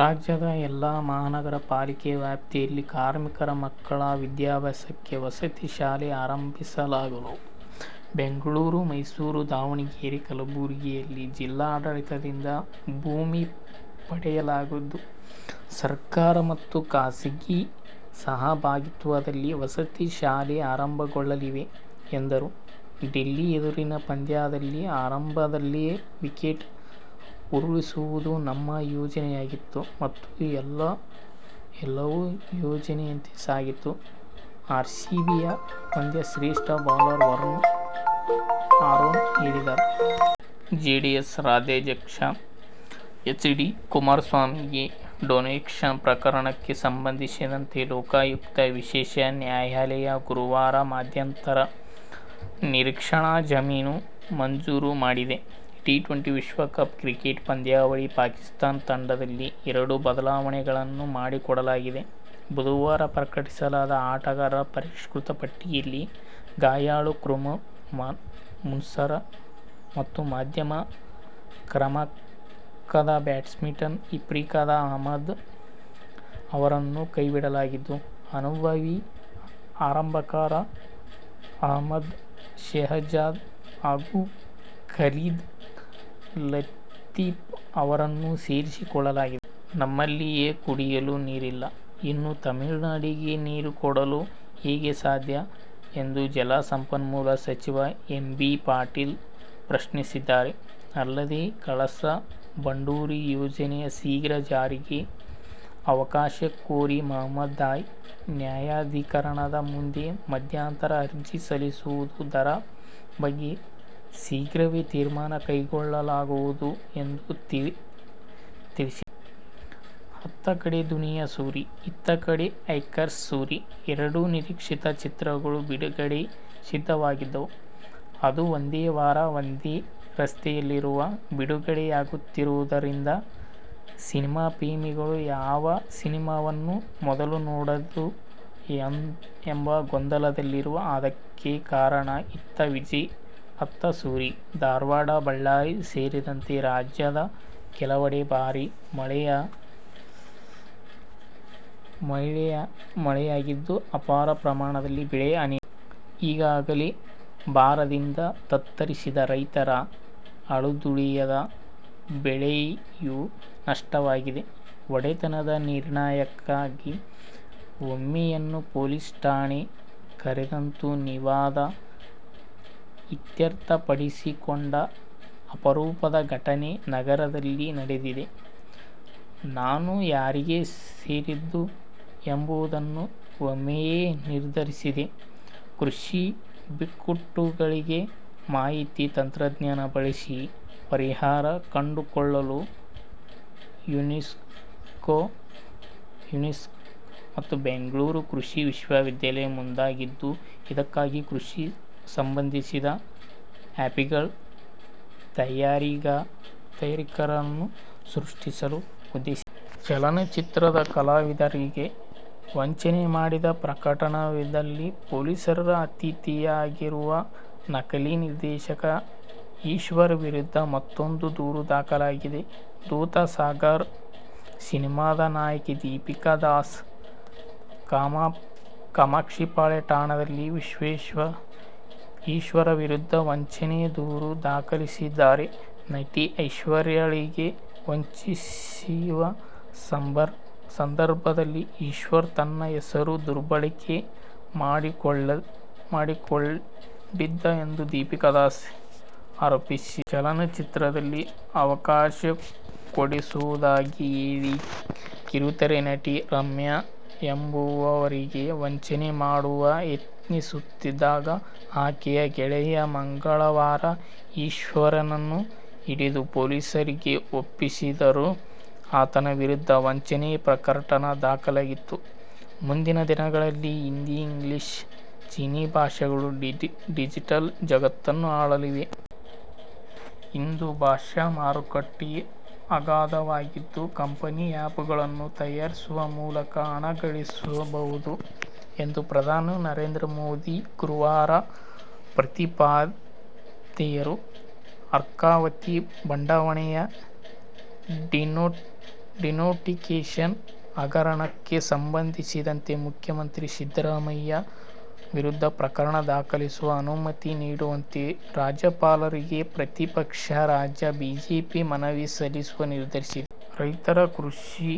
ರಾಜ್ಯದ ಎಲ್ಲ ಮಹಾನಗರ ಪಾಲಿಕೆ ವ್ಯಾಪ್ತಿಯಲ್ಲಿ ಕಾರ್ಮಿಕರ ಮಕ್ಕಳ ವಿದ್ಯಾಭ್ಯಾಸಕ್ಕೆ ವಸತಿ ಶಾಲೆ ಆರಂಭಿಸಲಾಗುವುದು. ಬೆಂಗಳೂರು, ಮೈಸೂರು, ದಾವಣಗೆರೆ, ಕಲಬುರಗಿಯಲ್ಲಿ ಜಿಲ್ಲಾಡಳಿತದಿಂದ ಭೂಮಿ ಪಡೆಯಲಾಗಿದ್ದು, ಸರ್ಕಾರ ಮತ್ತು ಖಾಸಗಿ ಸಹಭಾಗಿತ್ವದಲ್ಲಿ ವಸತಿ ಶಾಲೆ ಆರಂಭಗೊಳ್ಳಲಿವೆ ಎಂದರು. ಡೆಲ್ಲಿ ಎದುರಿನ ಪಂದ್ಯದಲ್ಲಿ ಆರಂಭದಲ್ಲೇ ವಿಕೆಟ್ ಉರುಳಿಸುವುದು ನಮ್ಮ ಯೋಜನೆಯಾಗಿತ್ತು, ಮತ್ತು ಎಲ್ಲವೂ ಯೋಜನೆಯಂತೆ ಸಾಗಿತು ಎಂದು ಆರ್ಸಿಬಿಯ ಪಂದ್ಯಶ್ರೇಷ್ಠ ಬೌಲರ್ ವರುಣ್ ಆರೋನ್ ಹೇಳಿದ್ದಾರೆ. ಜೆಡಿಎಸ್ ರಾಜ್ಯಾಧ್ಯಕ್ಷ ಎಚ್. ಡಿ. ಕುಮಾರಸ್ವಾಮಿಗೆ ಡಿನೋಟಿಫಿಕೇಶನ್ ಪ್ರಕರಣಕ್ಕೆ ಸಂಬಂಧಿಸಿದಂತೆ ಲೋಕಾಯುಕ್ತ ವಿಶೇಷ ನ್ಯಾಯಾಲಯ ಗುರುವಾರ ಮಧ್ಯಂತರ ನಿರೀಕ್ಷಣಾ ಜಾಮೀನು ಮಂಜೂರು ಮಾಡಿದೆ. ಟಿ-ಟ್ವೆಂಟಿ ವಿಶ್ವಕಪ್ ಕ್ರಿಕೆಟ್ ಪಂದ್ಯಾವಳಿಗೆ ಪಾಕಿಸ್ತಾನ ತಂಡದಲ್ಲಿ ಎರಡುಬದಲಾವಣೆಗಳನ್ನು ಮಾಡಿಕೊಳ್ಳಲಾಗಿದೆ. ಸೋಮವಾರ ಪ್ರಕಟಿಸಲಾದ ಆಟಗಾರರ ಪರಿಷ್ಕೃತ ಪಟ್ಟಿಯಲ್ಲಿ ಗಾಯಾಳು ಖುರ್ರಂ ಮನ್ಸೂರ್ ಮತ್ತು ಮಧ್ಯಮ ಕ್ರಮಾಂಕದ ಬ್ಯಾಟ್ಸ್ಮನ್ ಇಫ್ತಿಕಾರ್ ಅಹ್ಮದ್ ಅವರನ್ನು ಕೈಬಿಡಲಾಗಿದ್ದು, ಅನುಭವಿ ಆರಂಭಕಾರ ಅಹ್ಮದ್ ಶೆಹಜಾದ್ ಹಾಗೂ ಖಾಲಿದ್ ಲತೀಫ್ ಅವರನ್ನು ಸೇರಿಸಿಕೊಳ್ಳಲಾಗಿದೆ. ನಮ್ಮಲ್ಲಿಯೇ ಕುಡಿಯಲು ನೀರಿಲ್ಲ. ಇನ್ನು ತಮಿಳುನಾಡಿಗೆ ನೀರು ಕೊಡಲು ಹೇಗೆ ಸಾಧ್ಯ ಎಂದು ಜಲ ಸಂಪನ್ಮೂಲ ಸಚಿವ ಎಂ. ಬಿ. ಪಾಟೀಲ್ ಪ್ರಶ್ನಿಸಿದ್ದಾರೆ. ಅಲ್ಲದೆ, ಕಳಸಾ ಬಂಡೂರಿ ಯೋಜನೆಯ ಶೀಘ್ರ ಜಾರಿಗೆ ಅವಕಾಶ ಕೋರಿ ಮಹದಾಯಿ ನ್ಯಾಯಾಧಿಕರಣದ ಮುಂದೆ ಮಧ್ಯಂತರ ಅರ್ಜಿ ಸಲ್ಲಿಸುವು ದರ ಬಗ್ಗೆ ಶೀಘ್ರವೇ ತೀರ್ಮಾನ ಕೈಗೊಳ್ಳಲಾಗುವುದು ಎಂದು ತಿಳಿಸಿದ್ದಾರೆ. ಅತ್ತ ಕಡೆ ದುನಿಯಾ ಸೂರಿ, ಇತ್ತ ಕಡೆ ಆರ್ಎಕ್ಸ್ ಸೂರಿ ಎರಡೂ ನಿರೀಕ್ಷಿತ ಚಿತ್ರಗಳು ಬಿಡುಗಡೆಗೆ ಸಿದ್ಧವಾಗಿದ್ದವು. ಅದು ಒಂದೇ ವಾರ, ಒಂದೇ ರಸ್ತೆಯಲ್ಲಿರುವ ಬಿಡುಗಡೆಯಾಗುತ್ತಿರುವುದರಿಂದ ಸಿನಿಪ್ರೇಮಿಗಳು ಯಾವ ಸಿನಿಮಾವನ್ನು ಮೊದಲು ನೋಡೋದು ಎಂಬ ಗೊಂದಲದಲ್ಲಿದ್ದರು. ಅದಕ್ಕೆ ಕಾರಣ ಇತ್ತ ವಿಜಯ್ ಅತ್ತ ಸೂರಿ. ಧಾರವಾಡ, ಬಳ್ಳಾರಿ ಸೇರಿದಂತೆ ರಾಜ್ಯದ ಕೆಲವೆಡೆ ಭಾರಿ ಮಳೆಯಾಗಿದ್ದು, ಅಪಾರ ಪ್ರಮಾಣದಲ್ಲಿ ಬೆಳೆ ಹಾನಿಯಾಗಿದೆ. ಈಗಾಗಲೇ ಬರದಿಂದ ತತ್ತರಿಸಿದ್ದ ರೈತರ ಅಳಿದುಳಿದ ಬೆಳೆಯೂ ನಷ್ಟವಾಗಿದೆ. ಒಡೆತನದ ನಿರ್ಣಯಕ್ಕಾಗಿ ಎಮ್ಮೆಯನ್ನು ಪೊಲೀಸ್ ಠಾಣೆಗೆ ಕರೆತಂದು ವಿವಾದ ಇತ್ಯರ್ಥಪಡಿಸಿಕೊಂಡ ಅಪರೂಪದ ಘಟನೆ ನಗರದಲ್ಲಿ ನಡೆದಿದೆ. ತಾನು ಯಾರಿಗೆ ಸೇರಿದ್ದು ಎಂಬುದನ್ನು ಎಮ್ಮೆಯೇ ನಿರ್ಧರಿಸಿದೆ ಕೃಷಿ ಬಿಕ್ಕಟ್ಟುಗಳಿಗೆ ಮಾಹಿತಿ ತಂತ್ರಜ್ಞಾನ ಬಳಸಿ ಪರಿಹಾರ ಕಂಡುಕೊಳ್ಳಲು ಯುನೆಸ್ಕೊ ಮತ್ತು ಬೆಂಗಳೂರು ಕೃಷಿ ವಿಶ್ವವಿದ್ಯಾಲಯ ಮುಂದಾಗಿದ್ದು, ಇದಕ್ಕಾಗಿ ಕೃಷಿ ಸಂಬಂಧಿತ ಆ್ಯಪ್ಗ್ಳ ತಯಾರಕರನ್ನು ಸೃಷ್ಟಿಸಲು ಉದ್ದೇಶಿಸಿವೆ. ಚಲನಚಿತ್ರ ಕಲಾವಿದರಿಗೆ ವಂಚನೆ ಮಾಡಿದ ಪ್ರಕರಣದಲ್ಲಿ ಪೊಲೀಸರ ಅತಿಥಿಯಾಗಿರುವ ನಕಲಿ ನಿರ್ದೇಶಕ ಈಶ್ವರ್ ವಿರುದ್ಧ ಮತ್ತೂಂದು ದೂರು ದಾಖಲಾಗಿದೆ. ದೂದ್ ಸಾಗರ್ ಸಿನಿಮಾದ ನಾಯಕಿ ದೀಪಿಕಾ ದಾಸ್ ಕಾಮಾಕ್ಷಿಪಾಳ್ಯ ಠಾಣೆಯಲ್ಲಿ ಈಶ್ವರ್ ವಿರುದ್ಧ ವಂಚನೆ ದೂರು ದಾಖಲಿಸಿದ್ದಾರೆ. ನಟಿ ಐಶ್ವರ್ಯಳಿಗೆ ವಂಚಿಸುವ ಸಂದರ್ಭದಲ್ಲಿ ಈಶ್ವರ್ ತನ್ನ ಹೆಸರು ದುರ್ಬಳಕೆ ಮಾಡಿಕೊಂಡಿದ್ದ ಎಂದು ದೀಪಿಕಾ ದಾಸ್ ಆರೋಪಿಸಿದ್ದಾರೆ. ಚಲನಚಿತ್ರದಲ್ಲಿ ಅವಕಾಶ ಕೊಡಿಸುವುದಾಗಿ ಹೇಳಿ ಕಿರುತೆರೆ ನಟಿ ರಮ್ಯಾ ಎಂಬುವರಿಗೆ ವಂಚನೆ ಮಾಡಲು ಯತ್ನಿಸುತ್ತಿದ್ದಾಗ ಆಕೆಯ ಗೆಳೆಯರು ಮಂಗಳವಾರ ಈಶ್ವರ್ನನ್ನು ಹಿಡಿದು ಪೊಲೀಸರಿಗೆ ಒಪ್ಪಿಸಿದ್ದರು. ಆತನ ವಿರುದ್ಧ ವಂಚನೆ ಪ್ರಕರಣ ದಾಖಲಾಗಿತ್ತು. ಮುಂದಿನ ದಿನಗಳಲ್ಲಿ ಹಿಂದಿ, ಇಂಗ್ಲಿಷ್ ಮತ್ತು ಚೀನೀ ಭಾಷೆಗಳು ಡಿಜಿಟಲ್ ಜಗತ್ತನ್ನು ಆಳಲಿವೆ. ಇಂದು ಭಾಷಾ ಮಾರುಕಟ್ಟೆ ಅಗಾಧವಾಗಿದ್ದು, ಕಂಪನಿಗಳು ಆ್ಯಪ್ಗ್ಳನ್ನು ತಯಾರಿಸುವ ಮೂಲಕ ಹಣಗಳಿಸಬಹುದು ಎಂದು ಪ್ರಧಾನಿ ನರೇಂದ್ರ ಮೋದಿ ಗುರುವಾರ ಪ್ರತಿಪಾದಿದರು. ಅರ್ಕಾವತಿ ಬಡಾವಣೆಯ ಡಿನೋಟಿಫಿಕೇಶನ್ ಹಗರಣಕ್ಕೆ ಸಂಬಂಧಿಸಿದಂತೆ ಮುಖ್ಯಮಂತ್ರಿ ಸಿದ್ದರಾಮಯ್ಯ ವಿರುದ್ಧ ಪ್ರಕರಣ ದಾಖಲಿಸಲು ಅನುಮತಿ ನೀಡುವಂತೆ ರಾಜ್ಯಪಾಲರಿಗೆ ಪ್ರತಿಪಕ್ಷ ರಾಜ್ಯ ಬಿಜೆಪಿ ಮನವಿ ಸಲ್ಲಿಸಲು ನಿರ್ಧರಿಸಿದೆ. ರೈತರ ಕೃಷಿ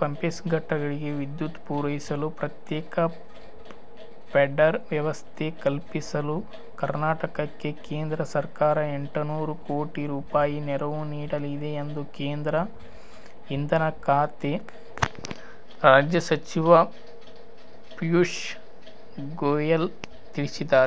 ಪಂಪ್ಸೆಟ್ಗಳಿಗೆ ವಿದ್ಯುತ್ ಪೂರೈಸಲು ಪ್ರತ್ಯೇಕ ಫೀಡರ್ ವ್ಯವಸ್ಥೆ ಕಲ್ಪಿಸಲು ಕರ್ನಾಟಕಕ್ಕೆ ಕೇಂದ್ರ ಸರ್ಕಾರ ಎಂಟುನೂರು ಕೋಟಿ ರೂಪಾಯಿ ನೆರವು ನೀಡಲಿದೆ ಎಂದು ಕೇಂದ್ರ ಇಂಧನ ಖಾತೆ ರಾಜ್ಯ ಸಚಿವ ಪೀಯೂಶ್ ಗೋಯೆಲ್ ತಿಳಿಸಿದ್ದಾರೆ.